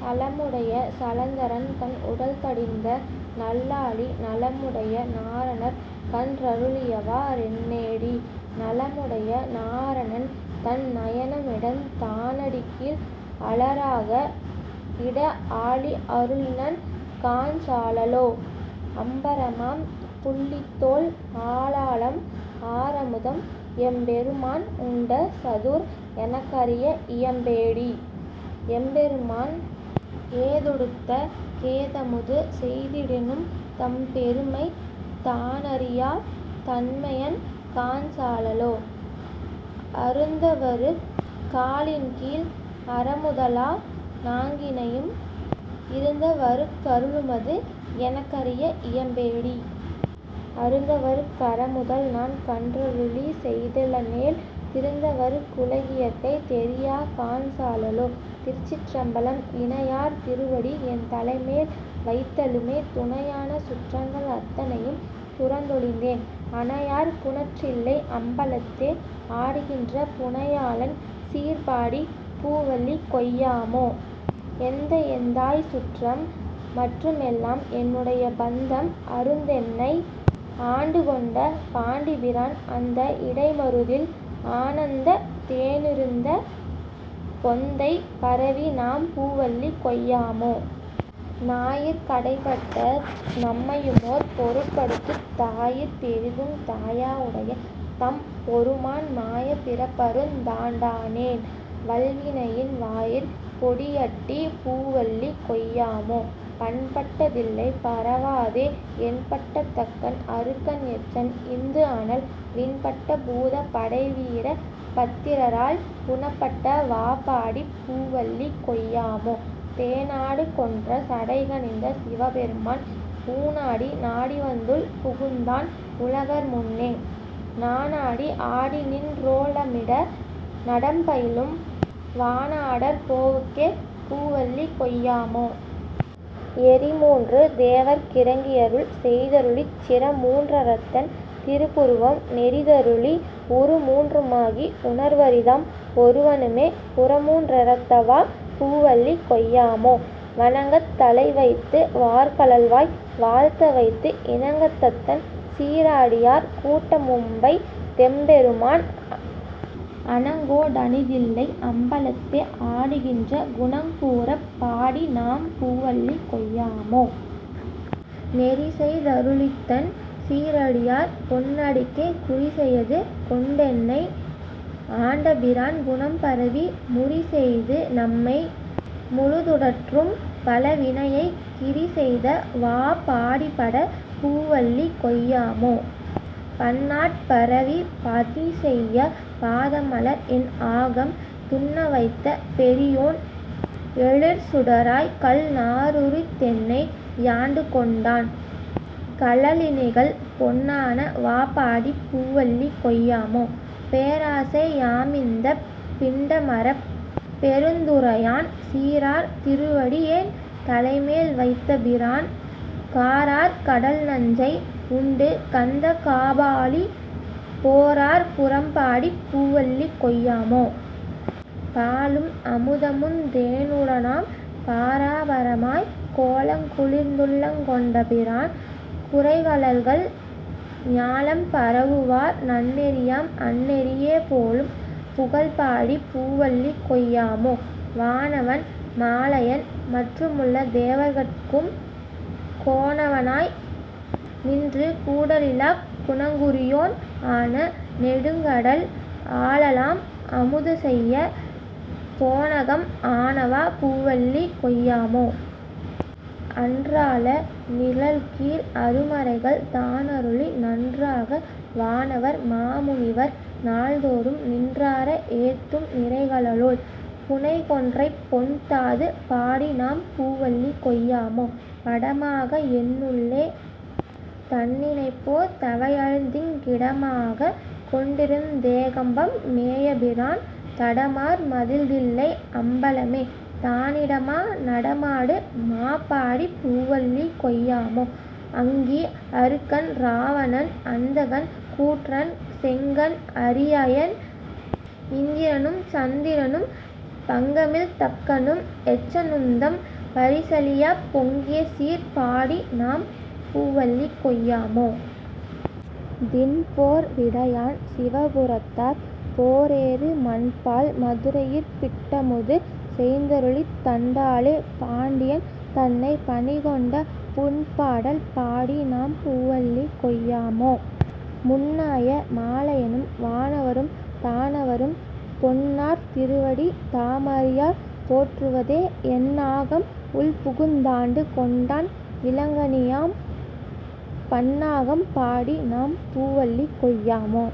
சலமுடைய சலந்தரன்தன் உடல்தடிந்த நல்லாழி நலமுடைய நாரணற்கன் றருளியவா றென்னேடீ? நலமுடைய நாரணன்தன் நயனம்இடந் தானடிக்கீழ் அலராக இடஆழி அருளினன்காண் சாழலோ. அம்பரமாம் புள்ளித்தோல் ஆலாலம் ஆரமுதம் எம்பெருமான் உண்டசதுர் எனக்கறிய இயம்பேடீ எம்பெருமான் ஏதுடுத்தங் கேதமுது செய்திடினும் தம்பெருமை தானறியாத் தன்மையன்காண் சாழலோ. அருந்தவருக் காலின்கீழ் அறமுதலா நான்கினையும் இருந்தவருக் கருளுமது எனக்கறிய இயம்பேடீ? அருந்தவருக் கறமுதல்நான் கன்றருளிச் செய்திலனேல் திருந்தவருக் குலகியற்கை தெரியாகாண் சாழலோ. திருச்சிற்றம்பலம் இணையார் திருவடி என்தலைமேல் வைத்தலுமே துணையான சுற்றங்கள் அத்தனையும் துறந்தொழிந்தேன் அணையார் புனற்றில்லை அம்பலத்தே ஆடுகின்ற புணையாளன் சீர்பாடிப் பூவல்லி கொய்யாமோ. எந்தையெந் தாய்சுற்றம் மற்றுமெல்லாம் என்னுடைய பந்தம் அறுந்தென்னை ஆண்டுகொண்ட பாண்டிப்பிரான் அந்த இடைமருதில் ஆனந்தத் தேனிருந்த பொந்தைப் பரவிநாம் பூவல்லி கொய்யாமோ. நாயிற் கடைப்பட்ட நம்மையுமோர் பொருட்படுத்துத் தாயிற் பெரிதுங் தயாவுடைய தம்பொருமான் மாயப் பிறப்பறுந் தாண்டானென் வல்வினையின் வாயிற் பொடியட்டிப் பூவல்லி கொய்யாமோ. பண்பட்ட தில்லைப் பரவாதே எண்பட்ட தக்கன் அருக்கன் எச்சன் இந்துஅனல் விண்பட்ட பூதப் படைவீர பத்திரரால் புணப்பட்ட வாபாடிப் பூவல்லி கொய்யாமோ. தேனாடு கொன்றை சடைக்கணிந்த சிவபெருமான் ஊனாடி நாடிவந் துள்புகுந்தான் உலகர்முன்னே நானாடி ஆடிநின் றோலமிட நடம்பயிலும் வானாடர் கோவுக்கே பூவல்லி கொய்யாமோ. எரிமூன்று தேவர்க் கிரங்கியருள் செய்தருளிச் சிரமூன் றறத்தன் திருப்புருவம் நெரித்தருளி உருமூன்று மாகி உணர்வரிதாம் ஒருவனுமே புரமூன் றெரத்தவா பூவல்லி கொய்யாமோ. வணங்கத் தலை வைத்து வார்கழல்வாய் வாழ்த்தவைத்து இணங்தத்தன் சீரடியார் கூட்டமும்வைத் தெம்பெருமான் அணங்கொடணிதில்லை அம்பலத்தே ஆடுகின்ற குணங் கூரப் பாடிநாம் பூவல்லி கொய்யாமோ. நெறிசெய் தருளித்தன் சீரடியார் பொன்னடிக்கே குறிசெயது கொண்டென்னை ஆண்டபிரான் குணம்பரவி முறிசெய்து நம்மை முழுதுடற்றும் பழவினையைக் கிறிசெய்த வாபாடிபட பூவல்லி கொய்யாமோ. பன்னாட் பரவிப் பணிசெய்யப் பாதமலர் என்ஆகம் துன்னவைத்த பெரியோன் எழிற்சுடராய்க் கல்நா ருரித்தென்னை யாண்டுகொண்டான் கழலிணைகள் பொன்னான வாபாடிப் பூவல்லி கொய்யாமோ. பேராசை யாமிந்தப் பிண்டமறப் பெருந்துறையான் சீரார் திருவடி யென் தலைமேல் வைத்தபிரான் காரார் கடல்நஞ்சை உண்டுகந்த காபாலி போரார் புறம்பாடிப் பூவல்லி கொய்யாமோ. பாலும் அமுதமுந் தேனுடனாம் பராபரமாய்க் கோலங் குளிர்ந்துள்ளங் கொண்டபிரான் குரைகழல்கள் ஞாலம் பரவுவார் நன்னெறியாம் அந்நெறியே போலும் புகழ்பாடிப் பூவல்லி கொய்யாமோ. வானவன் மாலயன் மற்றுமுள்ள தேவர்கட்கும் கோனவ னாய் நின்று கூடலிலாக் குணங்குறியோன் ஆன நெடுங்கடல் ஆலாலம் அமுதுசெய்யப் போனகம் ஆனவா பூவல்லி கொய்யாமோ. அன்றால நீழற்கீழ் அருமறைகள் தானருளி நன்றாக வானவர் மாமுனிவர் நாள்தோறும் நின்றார ஏத்தும் நிறைகழலோள் புனைகொன்றைப் பொன்தாது பாடிநாம் பூவல்லி கொய்யாமோ. படமாக என்னுள்ளே தன்னிணைப்போ தவையளித்திங் கிடமாகக் கொண்டிருந் தேகம்பம் மேயபிரான் தடமார் மதில்தில்லை அம்பலமே தானிடமா நடமாடு மாபாடிப் பூவல்லி கொய்யாமோ. அங்கி அருக்கன் இராவணன் அந்தகன் கூற்றன் செங்கண் அரிஅயன் இந்திரனுஞ் சந்திரனும் பங்கமில் தக்கனும் எச்சனுந்தம் பரிசழியப் பொங்கியசீர் பாடிநாம் பூவல்லி கொய்யாமோ. திண்போர் விடையான் சிவபுரத்தார் போரேறு மண்பால் மதுரையிற் பிட்டமுது செய்தருளித் தண்டாலே பாண்டியன் தன்னைப் பணிகொண்ட புண்பாடல் பாடிநாம் பூவல்லி கொய்யாமோ. முன்னாய மாலயனும் வானவரும் தானவரும் பொன்னார் திருவடி தாமறியார் போற்றுவதே என்னாகம் உள்புகுந் தாண்டு கொண்டான் இலங்கணியாம் பன்னாகம் பாடிநாம் பூவல்லி கொய்யாமோ.